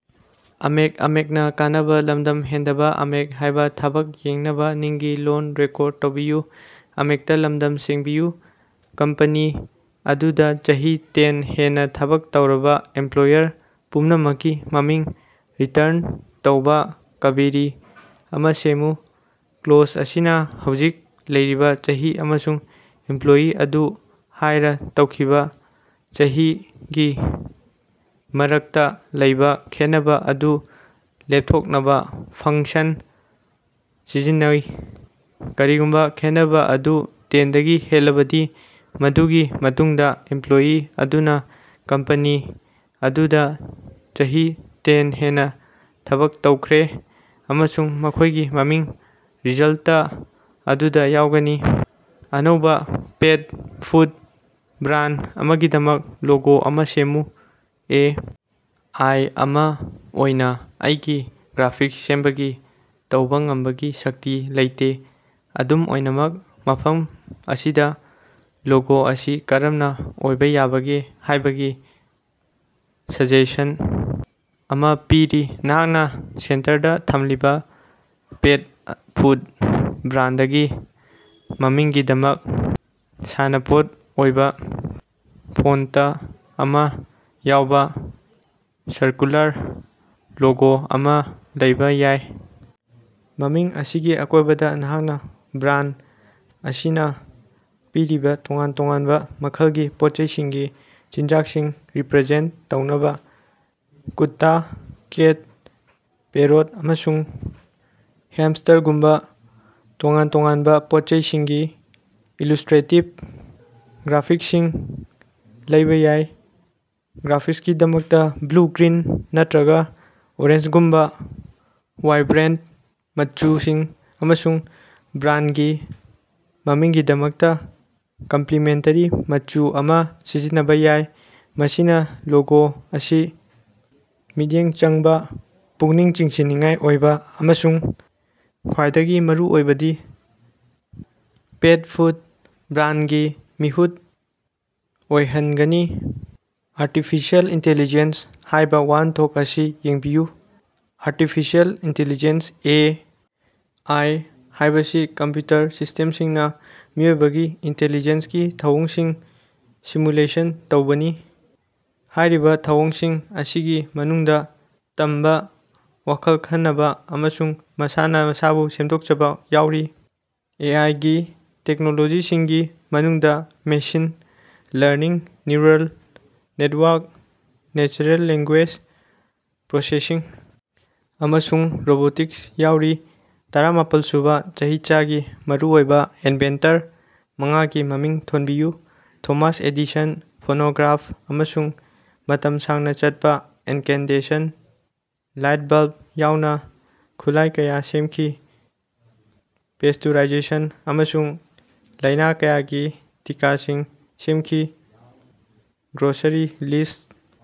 Company ꯑꯗꯨꯗꯥ ꯆꯍꯤ ten ꯍꯦꯟꯅꯥ ꯊꯕꯛ ꯇꯧꯔꯕꯥ ꯑꯦꯝꯄꯂꯣꯌꯔ ꯄꯨꯝꯅꯃꯛꯀꯤ ꯃꯃꯤꯡ ꯔꯤꯇꯔꯟ ꯇꯧꯕꯥ ꯀ꯭ꯕꯦꯔꯤ ꯑꯃ ꯁꯦꯝꯃꯨ꯫ ꯀ꯭ꯂꯣꯖ ꯑꯁꯤꯅꯥ ꯍꯧꯖꯤꯛ ꯂꯩꯔꯤꯕ ꯆꯍꯤ ꯑꯃꯁꯨꯡ ꯏꯝꯄꯂꯣꯌꯤ ꯑꯗꯨ ꯍꯥꯏꯔ ꯇꯧꯈꯤꯕꯥ ꯆꯍꯤ ꯒꯤ ꯃꯔꯛꯇꯥ ꯂꯩꯕꯥ ꯈꯦꯠꯅꯕꯥ ꯑꯗꯨ ꯂꯦꯄꯊꯣꯛꯅꯕꯥ ꯐꯪꯛꯁꯟ ꯁꯤꯖꯤꯟꯅꯩ꯫ ꯀꯔꯤꯒꯨꯝꯕꯥ ꯈꯦꯠꯅꯕꯥ ꯑꯗꯨ ꯇꯦꯟꯗꯒꯤ ꯍꯦꯜꯂꯕꯗꯤ, ꯃꯗꯨꯒꯤ ꯃꯇꯨꯡꯗꯥ ꯏꯝꯄꯂꯣꯌꯤ ꯑꯗꯨꯅꯥ ꯀꯝꯄꯅꯤ ꯑꯗꯨꯗꯥ ꯆꯍꯤ ꯇꯦꯟ ꯍꯦꯟꯅꯥ ꯊꯕꯛ ꯇꯧꯈ꯭ꯔꯦ ꯑꯃꯁꯨꯡ ꯃꯈꯣꯏꯒꯤ ꯃꯃꯤꯡ ꯔꯤꯖꯜꯇ ꯑꯗꯨꯗꯥ ꯌꯥꯎꯒꯅꯤ꯫ ꯑꯅꯧꯕꯥ ꯄꯦꯠ ꯐꯨꯗ ꯕ꯭ꯔꯥꯟꯗ ꯑꯃꯒꯤꯗꯃꯛ ꯂꯣꯒꯣ ꯑꯃꯥ ꯁꯦꯝꯃꯨ꯫ ꯑꯦ. ꯑꯥꯏ. ꯑꯃꯥ ꯑꯣꯏꯅꯥ ꯑꯩꯒꯤ ꯒ꯭ꯔꯥꯐꯤꯛꯁ ꯁꯦꯝꯕꯒꯤ ꯇꯧꯕꯥ ꯉꯝꯕꯒꯤ ꯁꯛꯇꯤ ꯂꯩꯇꯦ, ꯑꯗꯨꯝ ꯑꯣꯏꯅꯃꯛ, ꯃꯐꯝ ꯑꯁꯤꯗꯥ ꯂꯣꯒꯣ ꯑꯁꯤ ꯀꯔꯝꯅꯥ ꯑꯣꯏꯕꯥ ꯌꯥꯕꯒꯦ ꯍꯥꯏꯕꯒꯤ ꯁꯖꯦꯁꯟ ꯑꯃꯥ ꯄꯤꯔꯤ: ꯅꯍꯥꯛꯅꯥ ꯁꯦꯟꯇꯔꯗꯥ ꯊꯝꯂꯤꯕꯥ ꯄꯦꯠ ꯐꯨꯗ ꯕ꯭ꯔꯥꯟꯗꯒꯤ ꯃꯃꯤꯡꯒꯤꯗꯃꯛ ꯁꯥꯟꯅꯄꯣꯠ ꯑꯣꯏꯕꯥ ꯐꯣꯟꯇ ꯑꯃ ꯌꯥꯎꯕ ꯁꯔꯀꯨꯂꯥꯔ ꯂꯣꯒꯣ ꯑꯃꯥ ꯂꯩꯕꯥ ꯌꯥꯏ꯫. ꯃꯃꯤꯡ ꯑꯁꯤꯒꯤ ꯑꯀꯣꯏꯕꯗꯥ, ꯅꯍꯥꯛꯅꯥ ꯕ꯭ꯔꯥꯟꯗ ꯑꯁꯤꯅꯥ ꯄꯤꯔꯤꯕꯥ ꯇꯣꯉꯥꯟ ꯇꯣꯉꯥꯟꯕ ꯃꯈꯜꯒꯤ ꯄꯣꯠꯆꯩꯁꯤꯡꯒꯤ ꯆꯤꯟꯖꯥꯛꯁꯤꯡ ꯔꯤꯄꯔꯖꯦꯟꯇ ꯇꯧꯅꯕ ꯀꯨꯠꯇꯥ, ꯀꯦꯠ, ꯄꯦꯔꯣꯠ, ꯑꯃꯁꯨꯡ ꯍ꯭ꯌꯥꯝꯁ꯭ꯇꯔꯒꯨꯝꯕ ꯇꯣꯉꯥꯟ ꯇꯣꯉꯥꯟꯕ ꯄꯣꯠꯆꯩꯁꯤꯡꯒꯤ ꯏꯜꯁ꯭ꯇꯔꯦꯇꯤꯕ ꯒ꯭ꯔꯥꯐꯤꯛꯁꯁꯤꯡ ꯂꯩꯕꯥ ꯌꯥꯏ꯫ ꯒ꯭ꯔꯥꯐꯤꯛꯁꯀꯤꯗꯃꯛꯇꯥ ꯕ꯭ꯂꯨ, ꯒ꯭ꯔꯤꯟ ꯅꯠꯇꯔꯒꯥ ꯑꯣꯔꯦꯟꯖꯒꯨꯝꯕꯥ ꯋꯥꯏꯕ꯭ꯔꯦꯟꯇ ꯃꯆꯨꯁꯤꯡ ꯑꯃꯁꯨꯡ ꯕ꯭ꯔꯥꯟꯗꯒꯤ ꯃꯃꯤꯡꯒꯤꯗꯃꯛꯇꯥ ꯀꯝꯄꯂꯤꯃꯦꯟꯇꯦꯔꯤ ꯃꯆꯨ ꯑꯃꯥ ꯁꯤꯖꯤꯟꯅꯕꯥ ꯌꯥꯏ꯫ ꯃꯁꯤꯅꯥ ꯂꯣꯒꯣ ꯑꯁꯤ ꯃꯤꯠꯌꯦꯡ ꯆꯪꯕꯥ, ꯄꯨꯛꯅꯤꯡ ꯆꯤꯡꯁꯤꯟꯅꯤꯡꯉꯥꯏ ꯑꯣꯏꯕꯥ ꯑꯃꯁꯨꯡ ꯈ꯭ꯋꯥꯏꯗꯒꯤ ꯃꯔꯨꯑꯣꯏꯕꯗꯤ ꯄꯦꯠ ꯐꯨꯗ ꯕ꯭ꯔꯥꯟꯗꯒꯤ ꯃꯤꯍꯨꯠ ꯑꯣꯏꯍꯅꯒꯅꯤ꯫ "ꯑꯥꯔꯇꯤꯐꯤꯁꯤꯑꯦꯜ ꯏꯟꯇꯦꯂꯤꯖꯦꯟꯁ" ꯍꯥꯏꯕꯥ ꯋꯥꯍꯟꯊꯣꯛ ꯑꯁꯤ ꯌꯦꯡꯕꯤꯌꯨ꯫ Artificial intelligence (A. ꯑꯥꯏ.) ꯍꯥꯏꯕꯁꯤ ꯀꯝꯄ꯭ꯌꯨꯇꯔ ꯁꯤꯁꯇꯦꯝꯁꯤꯡꯅꯥ ꯃꯤꯑꯣꯏꯕꯒꯤ ꯏꯟꯇꯦꯂꯤꯖꯦꯟꯁꯀꯤ ꯊꯧꯑꯣꯡꯁꯤꯡ ꯁꯤꯃꯨꯂꯦꯁꯟ ꯇꯧꯕꯅꯤ꯫ ꯍꯥꯏꯔꯤꯕꯥ ꯊꯧꯑꯣꯡꯁꯤꯡ ꯑꯁꯤꯒꯤ ꯃꯅꯨꯡꯗꯥ ꯇꯝꯕꯥ, ꯋꯥꯈꯜ ꯈꯟꯅꯕꯥ ꯑꯃꯁꯨꯡ ꯃꯁꯥꯅꯥ ꯃꯁꯥꯕꯨ ꯁꯦꯝꯗꯣꯛꯆꯕꯥ ꯌꯥꯎꯔꯤ꯫ ꯑꯦ. ꯑꯥꯏ. ꯒꯤ ꯇꯦꯛꯅꯣꯂꯣꯖꯤꯁꯤꯡꯒꯤ ꯃꯅꯨꯡꯗꯥ machine learning, neural network, natural language processing ꯑꯃꯁꯨꯡ ꯔꯣꯕꯣꯇꯤꯛꯁ ꯌꯥꯎꯔꯤ꯫ ꯇꯔꯥ ꯃꯥꯄꯜꯁꯨꯕꯥ ꯆꯍꯤꯆꯥꯒꯤ ꯃꯔꯨꯑꯣꯏꯕꯥ ꯏꯟꯚꯦꯟꯇꯔ ꯃꯉꯥꯒꯤ ꯃꯃꯤꯡ ꯊꯣꯟꯕꯤꯌꯨ꯫ ꯊꯣꯃꯥꯁ ꯑꯦꯗꯤꯁꯟ ꯐꯣꯅꯣꯒ꯭ꯔꯥꯐ ꯑꯃꯁꯨꯡ ꯃꯇꯝ ꯁꯥꯡꯅꯥ ꯆꯠꯄꯥ ꯏꯟꯀꯦꯟꯗꯦꯁꯟ ꯂꯥꯏꯠ ꯕꯜꯕ ꯌꯥꯎꯅ ꯈꯨꯠꯂꯥꯏ ꯀꯌꯥ ꯁꯦꯃꯈꯤ꯫ ꯄꯦꯁ꯭ꯇꯨꯔꯥꯏꯖꯦꯁꯟ ꯑꯃꯁꯨꯡ ꯂꯥꯏꯅꯥ ꯀꯌꯥꯒꯤ ꯇꯤꯀꯥꯁꯤꯡ ꯁꯦꯃꯈꯤ꯫ Grocery list